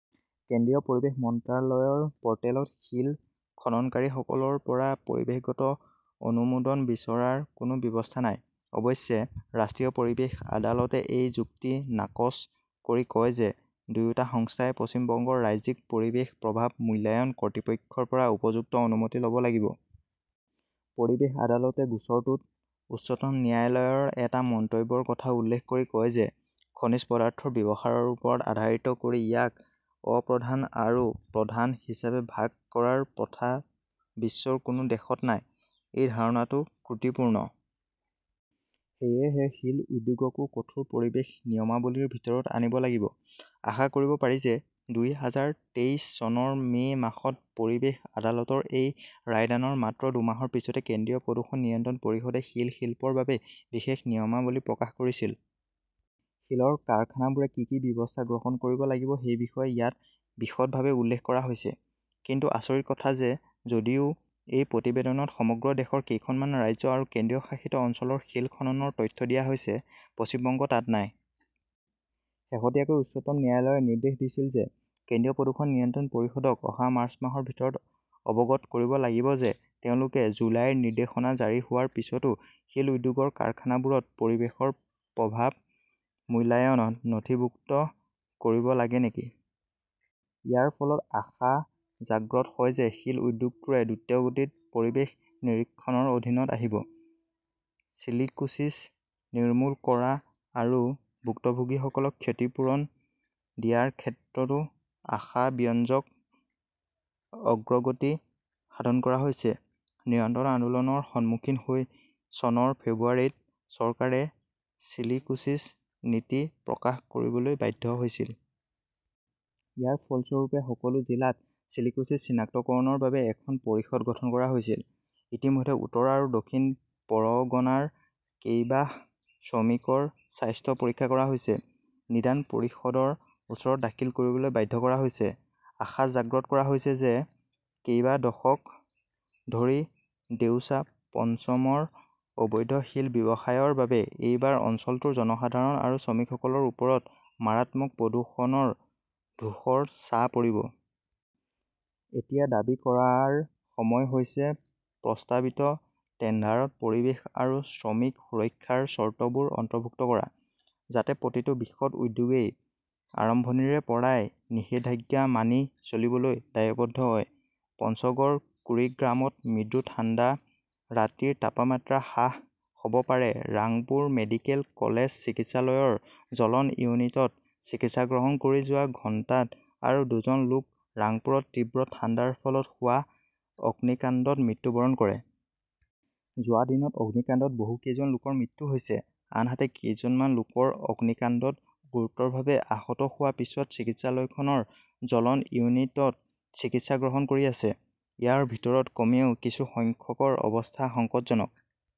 কেন্দ্ৰীয় পৰিৱেশ মন্ত্ৰালয়ৰ প'ৰ্টেলত শিল খননকাৰীসকলৰ পৰা পৰিৱেশগত অনুমোদন বিচৰাৰ কোনো ব্যৱস্থা নাই। অৱশ্যে, ৰাষ্ট্ৰীয় পৰিৱেশ আদালতে এই যুক্তি নাকচ কৰি কয় যে, দুয়োটা সংস্থাই পশ্চিম বংগৰ 'ৰাজ্যিক পৰিৱেশ প্ৰভাৱ মূল্যায়ন কৰ্তৃপক্ষৰ পৰা উপযুক্ত অনুমতি ল'ব লাগিব। পৰিৱেশ আদালতে গোচৰটোত উচ্চতম ন্যায়ালয়ৰ এটা মন্তব্যৰ কথা উল্লেখ কৰি কয় যে, খনিজ পদাৰ্থৰ ব্যৱহাৰৰ ওপৰত আধাৰিত কৰি ইয়াক 'অপ্ৰধান' আৰু 'প্ৰধান' হিচাপে ভাগ কৰাৰ প্ৰথা বিশ্বৰ কোনো দেশত নাই। এই ধাৰণাটো ত্ৰুটিপূৰ্ণ। সেয়েহে শিল উদ্যোগকো কঠোৰ পৰিৱেশ নিয়মাৱলীৰ ভিতৰত আনিব লাগিব। আশা কৰিব পাৰি যে, দুই হাজাৰ তেইশ চনৰ মে "মাহত পৰিৱেশ আদালতৰ এই ৰায়দানৰ মাত্ৰ দুমাহৰ পিছতে কেন্দ্ৰীয় প্ৰদূষণ নিয়ন্ত্ৰণ পৰিষদে শিল শিল্পৰ বাবে বিশেষ নিয়মাৱলী প্ৰকাশ কৰিছিল। শিলৰ কাৰখানাবোৰে কি কি ব্যৱস্থা গ্ৰহণ কৰিব লাগিব সেই বিষয়ে ইয়াত বিশদভাৱে উল্লেখ কৰা হৈছে। কিন্তু আচৰিত কথা যে যদিও এই প্ৰতিবেদনত সমগ্ৰ দেশৰ কেইখনমান ৰাজ্য আৰু কেন্দ্ৰীয় শাসিত অঞ্চলৰ শিল খননৰ তথ্য দিয়া হৈছে, পশ্চিম বংগ তাত নাই! শেহতীয়াকৈ উচ্চতম ন্যায়ালয়ে নিৰ্দেশ দিছিল যে, কেন্দ্ৰীয় প্ৰদূষণ নিয়ন্ত্ৰণ পৰিষদক অহা মাৰ্চ মাহৰ ভিতৰত অৱগত কৰিব লাগিব যে তেওঁলোকে জুলাইৰ নিৰ্দেশনা জাৰি হোৱাৰ পিছতো শিল উদ্যোগৰ কাৰখানাবোৰত 'পৰিৱেশৰ প্ৰভাৱ মূল্যায়নত নথিভুক্ত কৰিব লাগে নেকি। ইয়াৰ ফলত আশা জাগ্ৰত হয় যে শিল উদ্যোগটোৱে দ্ৰুতগতিত পৰিৱেশ নিৰীক্ষণৰ অধীনত আহিব। চিলিকোচিছ নিৰ্মূল কৰা আৰু ভুক্তভোগীসকলক ক্ষতিপূৰণ দিয়াৰ ক্ষেত্ৰতো আশাব্যঞ্জক অগ্ৰগতি সাধন কৰা হৈছে। নিৰন্তৰ আন্দোলনৰ সন্মুখীন হৈ চনৰ ফেব্ৰুৱাৰীত চৰকাৰে চিলিকোচিছ নীতি প্ৰকাশ কৰিবলৈ বাধ্য হৈছিল। ইয়াৰ ফলস্বৰূপে সকলো জিলাত চিলিকোচিছ চিনাক্তকৰণৰ বাবে এখন পৰিষদ গঠন কৰা হৈছিল। ইতিমধ্যে উত্তৰ আৰু দক্ষিণ পৰগনাৰ কেইবাশ শ্ৰমিকৰ স্বাস্থ্য পৰীক্ষা কৰা হৈছে, নিদান পৰিষদৰ ওচৰত দাখিল কৰিবলৈ বাধ্য কৰা হৈছে। আশা জাগ্ৰত কৰা হৈছে যে, কেইবা দশক ধৰি দেউচা-পঞ্চমৰ অবৈধ শিল ব্যৱসায়ৰ বাবে এইবাৰ অঞ্চলটোৰ জনসাধাৰণ আৰু শ্ৰমিকসকলৰ ওপৰত মাৰাত্মক প্ৰদূষণৰ ধূসৰ ছাঁ পৰিব। এতিয়া দাবী কৰাৰ সময় হৈছে প্ৰস্তাৱিত টেণ্ডাৰত পৰিৱেশ আৰু শ্ৰমিক সুৰক্ষাৰ চৰ্তবোৰ অন্তৰ্ভুক্ত কৰা, যাতে প্ৰতিটো বৃহৎ উদ্যোগই আৰম্ভণিৰে পৰাই নিষেধাজ্ঞা মানি চলিবলৈ দায়বদ্ধ হয়। পঞ্চগড়-কুৰিগ্ৰামত মৃদু ঠাণ্ডা, ৰাতিৰ তাপমাত্ৰা হ্ৰাস হ'ব পাৰে ৰাংপুৰ মেডিকেল কলেজ চিকিৎসালয়ৰ জ্বলন ইউনিটত চিকিৎসা গ্ৰহণ কৰি যোৱা ঘণ্টাত আৰু দুজন লোক ৰাংপুৰত তীব্ৰ ঠাণ্ডাৰ ফলত হোৱা অগ্নিকাণ্ডত মৃত্যুবৰণ কৰে। যোৱা দিনত অগ্নিকাণ্ডত বহুকেইজন লোকৰ মৃত্যু হৈছে। আনহাতে, কেইজনমান লোকৰ অগ্নিকাণ্ডত গুৰুতৰভাৱে আহত হোৱাৰ পিছত চিকিৎসালয়খনৰ জ্বলন ইউনিটত চিকিৎসা গ্ৰহণ কৰি আছে। ইয়াৰ ভিতৰত কমেও কিছু সংখ্যকৰ অৱস্থা সংকটজনক।